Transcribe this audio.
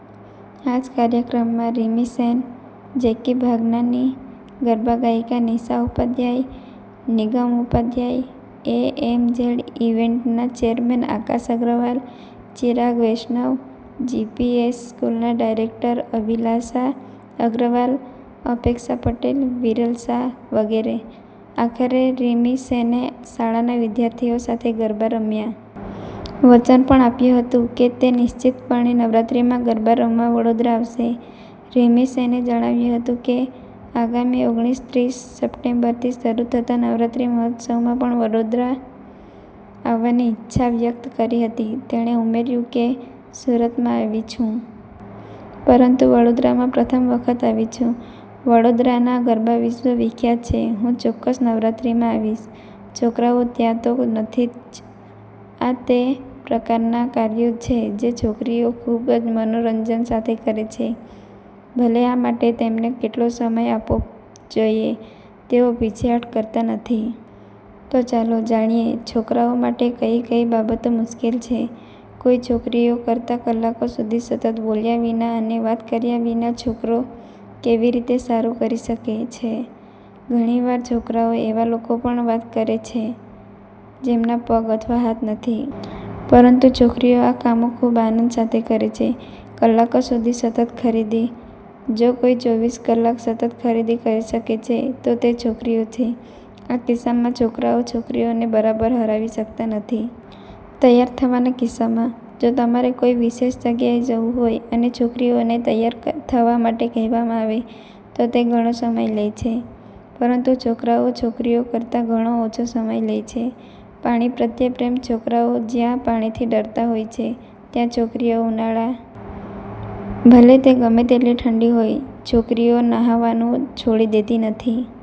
આ જ કાર્યક્રમમાં રિમિ સેન, જેકી ભાગનાની, ગરબા ગાયિકા Nisha Upadhyay Nigam Upadhyay, A. M. Z ઇવેન્ટના ચેરમેન આકાશ અગ્રવાલ, ચિરાગ વૈષ્ણવ, જીપીએસ સ્કૂલના ડાયરેક્ટર અભિલાષા અગ્રવાલ, અપેક્ષા પટેલ, વિરલ શાહ, વગેરે. આખરે રિમિ સેને શાળાના વિદ્યાર્થીઓ સાથે ગરબા રમ્યા. વચન પણ આપ્યું હતું કે તે નિશ્ચિતપણે નવરાત્રીમાં ગરબા રમવા વડોદરા આવશે. રિમી સેને જણાવ્યું હતું કે, આગામી ઓગણત્રીસ સપ્ટેમ્બરથી શરૂ થતા નવરાત્રિ મહોત્સવમાં પણ વડોદરા આવવાની ઇચ્છા વ્યક્ત કરી હતી. તેણે ઉમેર્યું કે, સુરતમાં આવી છું. પરંતુ વડોદરામાં પ્રથમ વખત આવી છું. વડોદરાના ગરબા વિશ્વ વિખ્યાત છે. હું ચોક્કસ નવરાત્રિમાં આવીશ. છોકરાઓ ત્યાં તો નથી જ. આ તે પ્રકારનાં કાર્યો છે જે છોકરીઓ ખૂબ જ મનોરંજન સાથે કરે છે, ભલે આ માટે તેમને કેટલો સમય આપવો જોઇએ, તેઓ પીછેહઠ કરતા નથી. તો ચાલો જાણીએ છોકરાઓ માટે કઈ કઈ બાબતો મુશ્કેલ છે: કોઈ છોકરીઓ કરતાં કલાકો સુધી સતત બોલ્યા વિના અને વાત કર્યા વિના, છોકરો કેવી રીતે સારું કરી શકે છે. ઘણી વાર છોકરીઓ એવા લોકો વિશે પણ વાત કરે છે જેમના પગ અથવા હાથ નથી. પરંતુ છોકરીઓ આ કામો ખૂબ આનંદ સાથે કરે છે. કલાકો સુધી સતત ખરીદી: જો કોઈ ચોવીસ કલાક સતત ખરીદી કરી શકે છે, તો તે છોકરીઓ છે. આ કિસ્સામાં, છોકરાઓ છોકરીઓને બરાબર હરાવી શકતા નથી. તૈયાર થવાના કિસ્સામાં: જો તમારે કોઈ વિશેષ જગ્યાએ જવું હોય અને છોકરીઓને તૈયાર થવા માટે કહેવામાં આવે, તો તે ઘણો સમય લે છે. પરંતુ છોકરાઓ છોકરીઓ કરતા ઘણો ઓછો સમય લે છે. પાણી પ્રત્યે પ્રેમ: છોકરાઓ જ્યાં પાણીથી ડરતા હોય છે, ત્યાં છોકરીઓ ઉનાળા અથવા શિયાળામાં ન્હાવા માટે કોઈ સમય વિતાતી નથી. ભલે તે ગમે તેટલી ઠંડી હોય, છોકરીઓ નહાવાનું છોડી દેતી નથી.